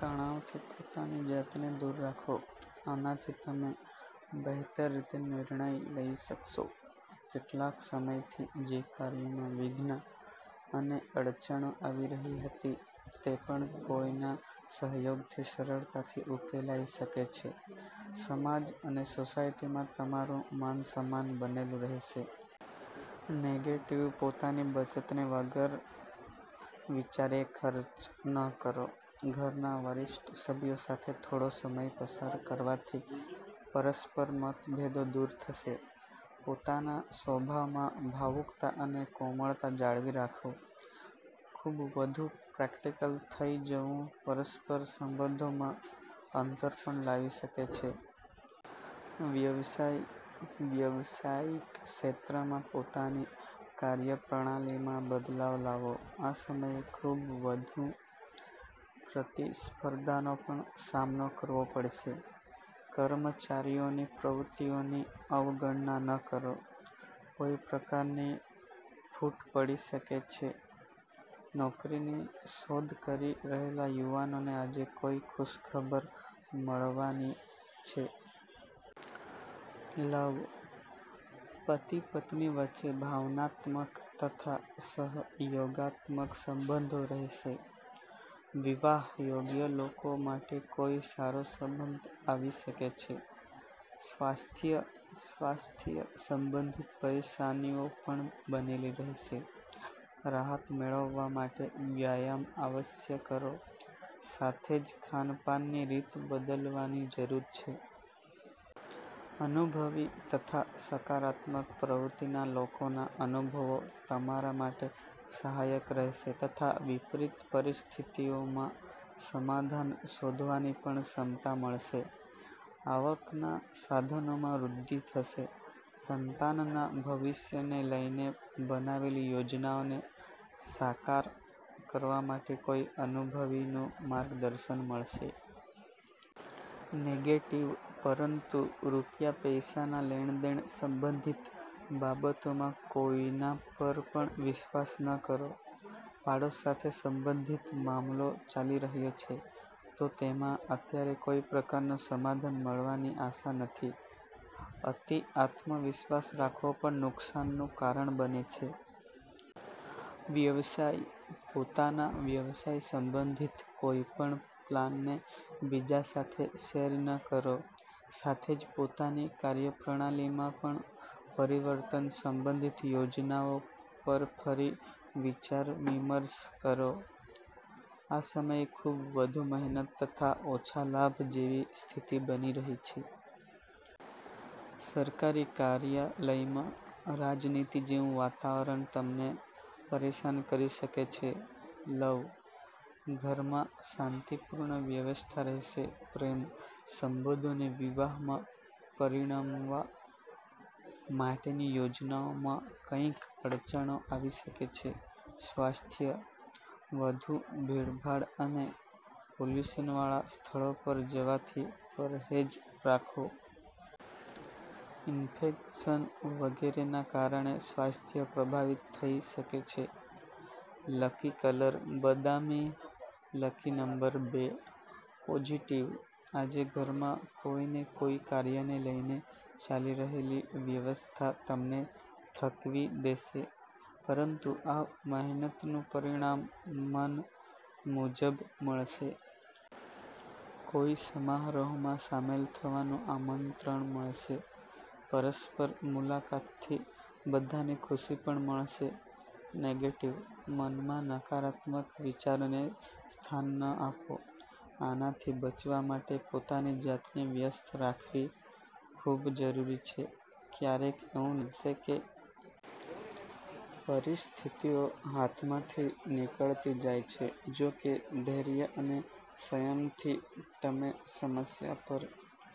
તણાવથી પોતાની જાતને દૂર રાખો, આનાથી તમે બહેતર રીતે નિર્ણય લઈ શકશો. કેટલાક સમયથી જે કાર્યોમાં વિઘ્ન અને અડચણો આવી રહી હતી, તે પણ કોઈના સહયોગથી સરળતાથી ઉકેલાઈ શકે છે. સમાજ અને સોસાયટીમાં તમારું માન-સન્માન બનેલું રહેશે. નેગેટિવ:- પોતાની બચતને વગર વિચાર્યે ખર્ચ ન કરો. ઘરના વરિષ્ઠ સભ્યો સાથે થોડો સમય પસાર કરવાથી પરસ્પર મતભેદો દૂર થશે. પોતાના સ્વભાવમાં ભાવુકતા અને કોમળતા જાળવી રાખો. ખૂબ વધુ પ્રેક્ટિકલ થઈ જવું પરસ્પર સંબંધોમાં અંતર પણ લાવી શકે છે. વ્યવસાય:- વ્યાવસાયિક ક્ષેત્રમાં પોતાની કાર્યપ્રણાલીમાં બદલાવ લાવો. આ સમયે ખૂબ વધુ પ્રતિસ્પર્ધાનો પણ સામનો કરવો પડશે. કર્મચારીઓની પ્રવૃત્તિઓની અવગણના ન કરો, કોઈ પ્રકારની ફૂટ પડી શકે છે. નોકરીની શોધ કરી રહેલા યુવાનોને આજે કોઈ ખુશખબર મળવાની છે. લવ:- પતિ-પત્ની વચ્ચે ભાવનાત્મક તથા સહયોગાત્મક સંબંધો રહેશે. વિવાહ યોગ્ય લોકો માટે કોઈ સારો સંબંધ આવી શકે છે. સ્વાસ્થ્ય:- સ્વાસ્થ્ય સંબંધિત પરેશાનીઓ પણ બનેલી રહેશે. રાહત મેળવવા માટે વ્યાયામ અવશ્ય કરો, સાથે જ ખાનપાનની રીત બદલવાની જરૂર છે. અનુભવી તથા સકારાત્મક પ્રવૃત્તિના લોકોના અનુભવો તમારા માટે સહાયક રહેશે તથા વિપરીત પરિસ્થિતિઓમાં સમાધાન શોધવાની પણ ક્ષમતા મળશે. આવકના સાધનોમાં વૃદ્ધિ થશે. સંતાનના ભવિષ્યને લઈને બનાવેલી યોજનાઓને સાકાર કરવા માટે કોઈ અનુભવીનું માર્ગદર્શન મળશે. નેગેટિવ:- પરંતુ રૂપિયા-પૈસાના લેણ-દેણ સંબંધિત બાબતોમાં કોઈના પર પણ વિશ્વાસ ન કરો. પાડોશ સાથે સંબંધિત મામલો ચાલી રહ્યો છે, તો તેમાં અત્યારે કોઈ પ્રકારનું સમાધાન મળવાની આશા નથી. અતિ આત્મવિશ્વાસ રાખવો પણ નુકસાનનું કારણ બને છે. વ્યવસાય:- પોતાના વ્યવસાય સંબંધિત કોઈ પણ પ્લાનને બીજા સાથે શેર ન કરો. સાથે જ પોતાની કાર્યપ્રણાલીમાં પણ પરિવર્તન સંબંધિત યોજનાઓ પર ફરી વિચાર-વિમર્શ કરો. આ સમયે ખૂબ વધુ મહેનત તથા ઓછા લાભ જેવી સ્થિતિ બની રહી છે. સરકારી કાર્યાલયમાં રાજનીતિ જેવું વાતાવરણ તમને પરેશાન કરી શકે છે. લવ:- ઘરમાં શાંતિપૂર્ણ વ્યવસ્થા રહેશે. પ્રેમ સંબંધોને વિવાહમાં પરિણમવા માટેની યોજનાઓમાં કંઈક અડચણો આવી શકે છે. સ્વાસ્થ્ય:- વધુ ભીડભાડ અને પોલ્યુશનવાળા સ્થળો પર જવાથી પરહેજ રાખો. ઈન્ફેક્શન વગેરેના કારણે સ્વાસ્થ્ય પ્રભાવિત થઈ શકે છે. લકી કલર- બદામી, લકી નંબર- બે. પોઝિટિવ:- આજે ઘરમાં કોઈ ને કોઈ કાર્યને લઈને ચાલી રહેલી વ્યસ્તતા તમને થકવી દેશે, પરંતુ આ મહેનતનું પરિણામ મન મુજબ જ મળશે. કોઈ સમારોહમાં સામેલ થવાનું આમંત્રણ મળશે, પરસ્પર મુલાકાતથી બધાને ખુશી પણ મળશે. નેગેટિવ:- મનમાં નકારાત્મક વિચારોને સ્થાન ન આપો. આનાથી બચવા માટે પોતાની જાતને વ્યસ્ત રાખવી ખૂબ જરૂરી છે. ક્યારેક એવું લાગશે કે પરિસ્થિતિઓ હાથમાંથી નીકળતી જાય છે, જોકે ધૈર્ય અને સંયમથી તમે સમસ્યા પર